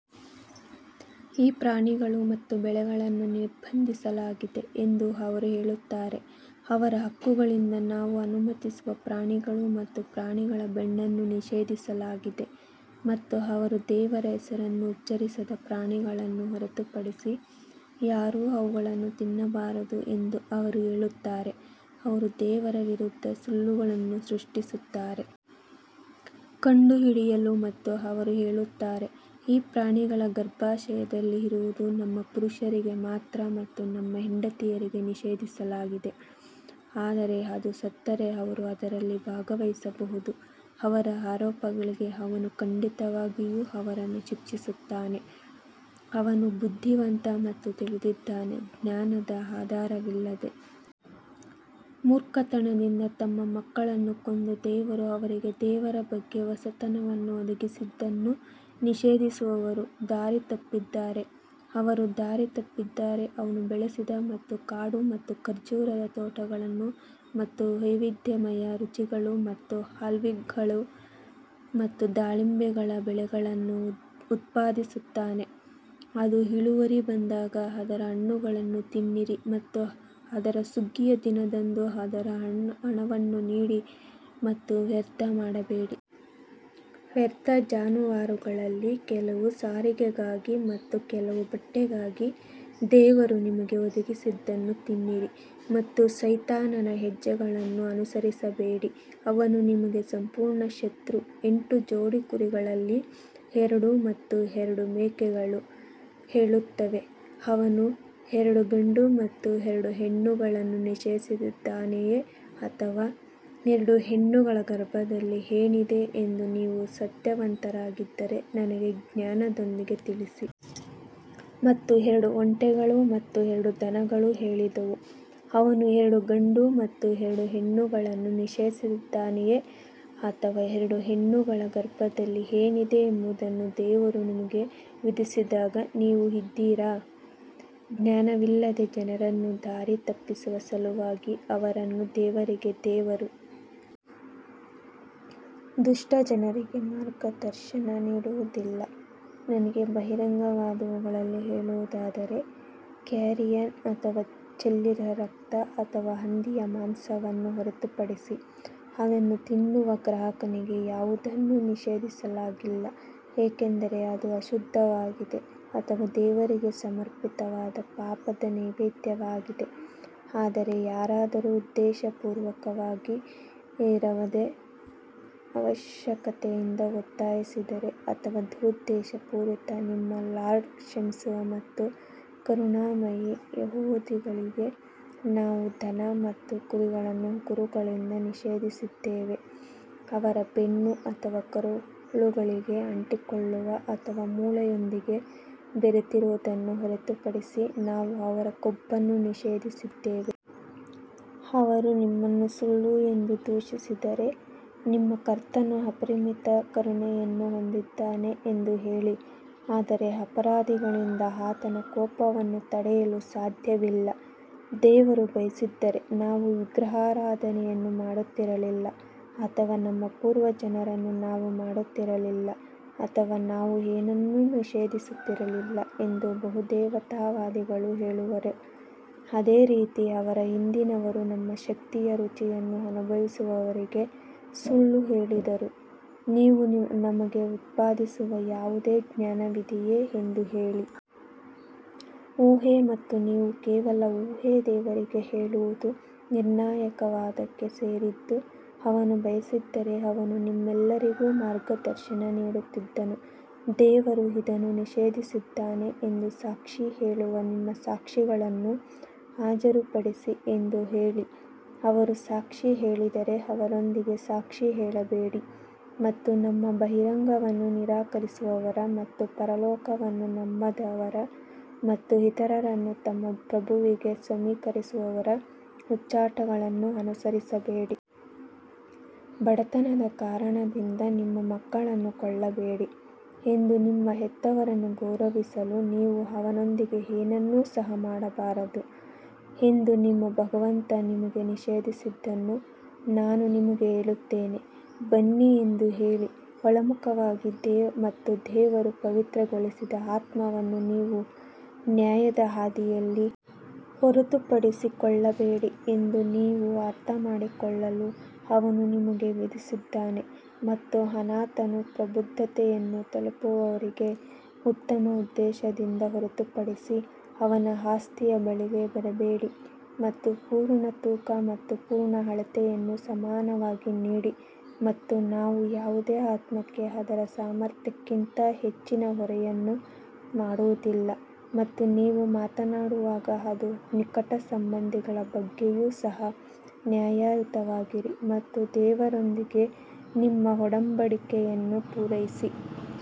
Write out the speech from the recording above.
ಈ ಪ್ರಾಣಿಗಳು ಮತ್ತು ಬೆಳೆಗಳನ್ನು ನಿರ್ಬಂಧಿಸಲಾಗಿದೆ ಎಂದು ಅವರು ಹೇಳುತ್ತಾರೆ, ಅವರ ಹಕ್ಕುಗಳಿಂದ ನಾವು ಅನುಮತಿಸುವ ಪ್ರಾಣಿಗಳು ಮತ್ತು ಪ್ರಾಣಿಗಳ ಬೆನ್ನನ್ನು ನಿಷೇಧಿಸಲಾಗಿದೆ ಮತ್ತು ಅವರು ದೇವರ ಹೆಸರನ್ನು ಉಚ್ಚರಿಸದ ಪ್ರಾಣಿಗಳನ್ನು ಹೊರತುಪಡಿಸಿ ಯಾರೂ ಅವುಗಳನ್ನು ತಿನ್ನಬಾರದು ಎಂದು ಅವರು ಹೇಳುತ್ತಾರೆ, ಅವರು ದೇವರ ವಿರುದ್ಧ ಸುಳ್ಳುಗಳನ್ನು ಸೃಷ್ಟಿಸುತ್ತಾರೆ. ಕಂಡುಹಿಡಿಯಲು ಮತ್ತು ಅವರು ಹೇಳುತ್ತಾರೆ, ಈ ಪ್ರಾಣಿಗಳ ಗರ್ಭಾಶಯದಲ್ಲಿ ಇರುವುದು ನಮ್ಮ ಪುರುಷರಿಗೆ ಮಾತ್ರ ಮತ್ತು ನಮ್ಮ ಹೆಂಡತಿಯರಿಗೆ ನಿಷೇಧಿಸಲಾಗಿದೆ ಆದರೆ ಅದು ಸತ್ತರೆ ಅವರು ಅದರಲ್ಲಿ ಭಾಗವಹಿಸಬಹುದು ಅವರ ಆರೋಪಗಳಿಗೆ ಅವನು ಖಂಡಿತವಾಗಿಯೂ ಅವರನ್ನು ಶಿಕ್ಷಿಸುತ್ತಾನೆ, ಅವನು ಬುದ್ಧಿವಂತ ಮತ್ತು ತಿಳಿದಿದ್ದಾನೆ. ಜ್ಞಾನದ ಆಧಾರವಿಲ್ಲದೆ ಮೂರ್ಖತನದಿಂದ ತಮ್ಮ ಮಕ್ಕಳನ್ನು ಕೊಂದು ದೇವರು ಅವರಿಗೆ ದೇವರ ಬಗ್ಗೆ ಹೊಸತನವನ್ನು ಒದಗಿಸಿದ್ದನ್ನು ನಿಷೇಧಿಸುವವರು ದಾರಿ ತಪ್ಪಿದ್ದಾರೆ ಅವರು ದಾರಿ ತಪ್ಪಿದ್ದಾರೆ ಅವನು ಬೆಳೆಸಿದ ಮತ್ತು ಕಾಡು ಮತ್ತು ಖರ್ಜೂರದ ತೋಟಗಳನ್ನು ಮತ್ತು ವೈವಿಧ್ಯಮಯ ರುಚಿಗಳು ಮತ್ತು ಆಲಿವ್ಗಳು ಮತ್ತು ದಾಳಿಂಬೆಗಳ ಬೆಳೆಗಳನ್ನು ಉತ್ಪಾದಿಸುತ್ತಾನೆ, ಅದು ಇಳುವರಿ ಬಂದಾಗ ಅದರ ಹಣ್ಣುಗಳನ್ನು ತಿನ್ನಿರಿ ಮತ್ತು ಅದರ ಸುಗ್ಗಿಯ ದಿನದಂದು ಅದರ ಹಣವನ್ನು ನೀಡಿ ಮತ್ತು ವ್ಯರ್ಥ ಮಾಡಬೇಡಿ. ವ್ಯರ್ಥ ಜಾನುವಾರುಗಳಲ್ಲಿ ಕೆಲವು ಸಾರಿಗೆಗಾಗಿ ಮತ್ತು ಕೆಲವು ಬಟ್ಟೆಗಾಗಿ ದೇವರು ನಿಮಗೆ ಒದಗಿಸಿದ್ದನ್ನು ತಿನ್ನಿರಿ ಮತ್ತು ಸೈತಾನನ ಹೆಜ್ಜೆಗಳನ್ನು ಅನುಸರಿಸಬೇಡಿ ಅವನು ನಿಮಗೆ ಸಂಪೂರ್ಣ ಶತ್ರು ಎಂಟು ಜೋಡಿ ಕುರಿಗಳಲ್ಲಿ ಎರಡು ಮತ್ತು ಎರಡು ಮೇಕೆಗಳು ಹೇಳುತ್ತವೆ ಅವನು ಎರಡು ಗಂಡು ಅಥವಾ ಎರಡು ಹೆಣ್ಣುಗಳನ್ನು ನಿಷೇಧಿಸಿದ್ದಾನೆಯೇ ಅಥವಾ ಎರಡು ಹೆಣ್ಣುಗಳ ಗರ್ಭದಲ್ಲಿ ಏನಿದೆ ಎಂದು ನೀವು ಸತ್ಯವಂತರಾಗಿದ್ದರೆ ನನಗೆ ಜ್ಞಾನದೊಂದಿಗೆ ತಿಳಿಸಿ. ಮತ್ತು ಎರಡು ಒಂಟೆಗಳು ಮತ್ತು ಎರಡು ದನಗಳು ಹೇಳಿದವು, ಅವನು ಎರಡು ಗಂಡು ಅಥವಾ ಎರಡು ಹೆಣ್ಣುಗಳನ್ನು ನಿಷೇಧಿಸಿದ್ದಾನೆಯೇ ಅಥವಾ ಎರಡು ಹೆಣ್ಣುಗಳ ಗರ್ಭದಲ್ಲಿ ಏನಿದೆ ಎಂಬುದನ್ನು ದೇವರು ನಿಮಗೆ ವಿಧಿಸಿದಾಗ ನೀವು ಇದ್ದೀರಾ? ಜ್ಞಾನವಿಲ್ಲದೆ ಜನರನ್ನು ದಾರಿ ತಪ್ಪಿಸುವ ಸಲುವಾಗಿ ಅವರನ್ನು ದೇವರಿಗೆ ದೇವರು ದುಷ್ಟ ಜನರಿಗೆ ಮಾರ್ಗದರ್ಶನ ನೀಡುವುದಿಲ್ಲ ನನಗೆ ಬಹಿರಂಗವಾದವುಗಳಲ್ಲಿ ಹೇಳುವುದಾದರೆ, ಕ್ಯಾರಿಯನ್ ಅಥವಾ ಚೆಲ್ಲಿದ ರಕ್ತ ಅಥವಾ ಹಂದಿಯ ಮಾಂಸವನ್ನು ಹೊರತುಪಡಿಸಿ ಅದನ್ನು ತಿನ್ನುವ ಗ್ರಾಹಕನಿಗೆ ಯಾವುದನ್ನೂ ನಿಷೇಧಿಸಲಾಗಿಲ್ಲ ಏಕೆಂದರೆ ಅದು ಅಶುದ್ಧವಾಗಿದೆ ಅಥವಾ ದೇವರಿಗೆ ಸಮರ್ಪಿತವಾದ ಪಾಪದ ನೈವೇದ್ಯವಾಗಿದೆ ಆದರೆ ಯಾರಾದರೂ ಉದ್ದೇಶಪೂರ್ವಕವಾಗಿರದೆ ಅವಶ್ಯಕತೆಯಿಂದ ಒತ್ತಾಯಿಸಿದರೆ ಅಥವಾ ದುರುದ್ದೇಶಪೂರಿತ ನಿಮ್ಮ ಲಾರ್ಡ್ ಕ್ಷಮಿಸುವ ಮತ್ತು ಕರುಣಾಮಯಿ ಯಹೂದಿಗಳಿಗೆ ನಾವು ದನ ಮತ್ತು ಕುರಿಗಳನ್ನು ಉಗುರುಗಳಿಂದ ನಿಷೇಧಿಸಿದ್ದೇವೆ, ಅವರ ಬೆನ್ನು ಅಥವಾ ಕರುಳುಗಳಿಗೆ ಅಂಟಿಕೊಳ್ಳುವ ಅಥವಾ ಮೂಳೆಯೊಂದಿಗೆ ಬೆರೆತಿರುವುದನ್ನು ಹೊರತುಪಡಿಸಿ ನಾವು ಅವರ ಕೊಬ್ಬನ್ನು ನಿಷೇಧಿಸಿದ್ದೇವೆ. ಅವರು ನಿಮ್ಮನ್ನು ಸುಳ್ಳು ಎಂದು ದೂಷಿಸಿದರೆ, ನಿಮ್ಮ ಕರ್ತನು ಅಪರಿಮಿತ ಕರುಣೆಯನ್ನು ಹೊಂದಿದ್ದಾನೆ ಎಂದು ಹೇಳಿ ಆದರೆ ಅಪರಾಧಿಗಳಿಂದ ಆತನ ಕೋಪವನ್ನು ತಡೆಯಲು ಸಾಧ್ಯವಿಲ್ಲ. ದೇವರು ಬಯಸಿದ್ದರೆ ನಾವು ವಿಗ್ರಹಾರಾಧನೆಯನ್ನು ಮಾಡುತ್ತಿರಲಿಲ್ಲ ಅಥವಾ ನಮ್ಮ ಪೂರ್ವಜರನ್ನು ನಾವು ಮಾಡುತ್ತಿರಲಿಲ್ಲ ಅಥವಾ ನಾವು ಏನನ್ನೂ ನಿಷೇಧಿಸುತ್ತಿರಲಿಲ್ಲ ಎಂದು ಬಹುದೇವತಾವಾದಿಗಳು ಹೇಳುವರು ಅದೇ ರೀತಿ ಅವರ ಹಿಂದಿನವರು ನಮ್ಮ ಶಕ್ತಿಯ ರುಚಿಯನ್ನು ಅನುಭವಿಸುವವರೆಗೆ ಸುಳ್ಳು ಹೇಳಿದರು, ನೀವು ನಮಗೆ ಉತ್ಪಾದಿಸುವ ಯಾವುದೇ ಜ್ಞಾನವಿದೆಯೇ ಎಂದು ಹೇಳಿ. ಊಹೆ ಮತ್ತು ನೀವು ಕೇವಲ ಊಹೆ ದೇವರಿಗೆ ಹೇಳುವುದು ನಿರ್ಣಾಯಕ ವಾದಕ್ಕೆ ಸೇರಿದ್ದು ಅವನು ಬಯಸಿದ್ದರೆ ಅವನು ನಿಮ್ಮೆಲ್ಲರಿಗೂ ಮಾರ್ಗದರ್ಶನ ನೀಡುತ್ತಿದ್ದನು ದೇವರು ಇದನ್ನು ನಿಷೇಧಿಸಿದ್ದಾನೆ ಎಂದು ಸಾಕ್ಷಿ ಹೇಳುವ ನಿಮ್ಮ ಸಾಕ್ಷಿಗಳನ್ನು ಹಾಜರುಪಡಿಸಿ ಎಂದು ಹೇಳಿ, ಅವರು ಸಾಕ್ಷಿ ಹೇಳಿದರೆ ಅವರೊಂದಿಗೆ ಸಾಕ್ಷಿ ಹೇಳಬೇಡಿ ಮತ್ತು ನಮ್ಮ ಬಹಿರಂಗವನ್ನು ನಿರಾಕರಿಸುವವರ ಮತ್ತು ಪರಲೋಕವನ್ನು ನಂಬದವರ ಮತ್ತು ಇತರರನ್ನು ತಮ್ಮ ಪ್ರಭುವಿಗೆ ಸಮೀಕರಿಸುವವರ ಹುಚ್ಚಾಟಗಳನ್ನು ಅನುಸರಿಸಬೇಡಿ. ಬಡತನದ ಕಾರಣದಿಂದ ನಿಮ್ಮ ಮಕ್ಕಳನ್ನು ಕೊಲ್ಲಬೇಡಿ ಎಂದು ನಿಮ್ಮ ಹೆತ್ತವರನ್ನು ಗೌರವಿಸಲು ನೀವು ಅವನೊಂದಿಗೆ ಏನನ್ನೂ ಸಹ ಮಾಡಬಾರದು ಎಂದು ನಿಮ್ಮ ಭಗವಂತ ನಿಮಗೆ ನಿಷೇಧಿಸಿದ್ದನ್ನು ನಾನು ನಿಮಗೆ ಹೇಳುತ್ತೇನೆ ಬನ್ನಿ ಎಂದು ಹೇಳಿ. ಒಳಮುಖವಾಗಿ ಮತ್ತು ದೇವರು ಪವಿತ್ರಗೊಳಿಸಿದ ಆತ್ಮವನ್ನು ನೀವು ನ್ಯಾಯದ ಹಾದಿಯಲ್ಲಿ ಹೊರತುಪಡಿಸಿ ಕೊಲ್ಲಬೇಡಿ ಎಂದು ನೀವು ಅರ್ಥಮಾಡಿಕೊಳ್ಳಲು ಅವನು ನಿಮಗೆ ವಿಧಿಸಿದ್ದಾನೆ ಮತ್ತು ಅನಾಥನು ಪ್ರಬುದ್ಧತೆಯನ್ನು ತಲುಪುವವರೆಗೆ ಉತ್ತಮ ಉದ್ದೇಶದಿಂದ ಹೊರತುಪಡಿಸಿ ಅವನ ಆಸ್ತಿಯ ಬಳಿಗೆ ಬರಬೇಡಿ ಮತ್ತು ಪೂರ್ಣ ತೂಕ ಮತ್ತು ಪೂರ್ಣ ಅಳತೆಯನ್ನು ಸಮಾನವಾಗಿ ನೀಡಿ ಮತ್ತು ನಾವು ಯಾವುದೇ ಆತ್ಮಕ್ಕೆ ಅದರ ಸಾಮರ್ಥ್ಯಕ್ಕಿಂತ ಹೆಚ್ಚಿನ ಹೊರೆಯನ್ನು ಮಾಡುವುದಿಲ್ಲ ಮತ್ತು ನೀವು ಮಾತನಾಡುವಾಗ ಅದು ನಿಕಟ ಸಂಬಂಧಿಗಳ ಬಗ್ಗೆಯೂ ಸಹ ನ್ಯಾಯಯುತವಾಗಿರಿ ಮತ್ತು ದೇವರೊಂದಿಗೆ ನಿಮ್ಮ ಒಡಂಬಡಿಕೆಯನ್ನು ಪೂರೈಸಿ.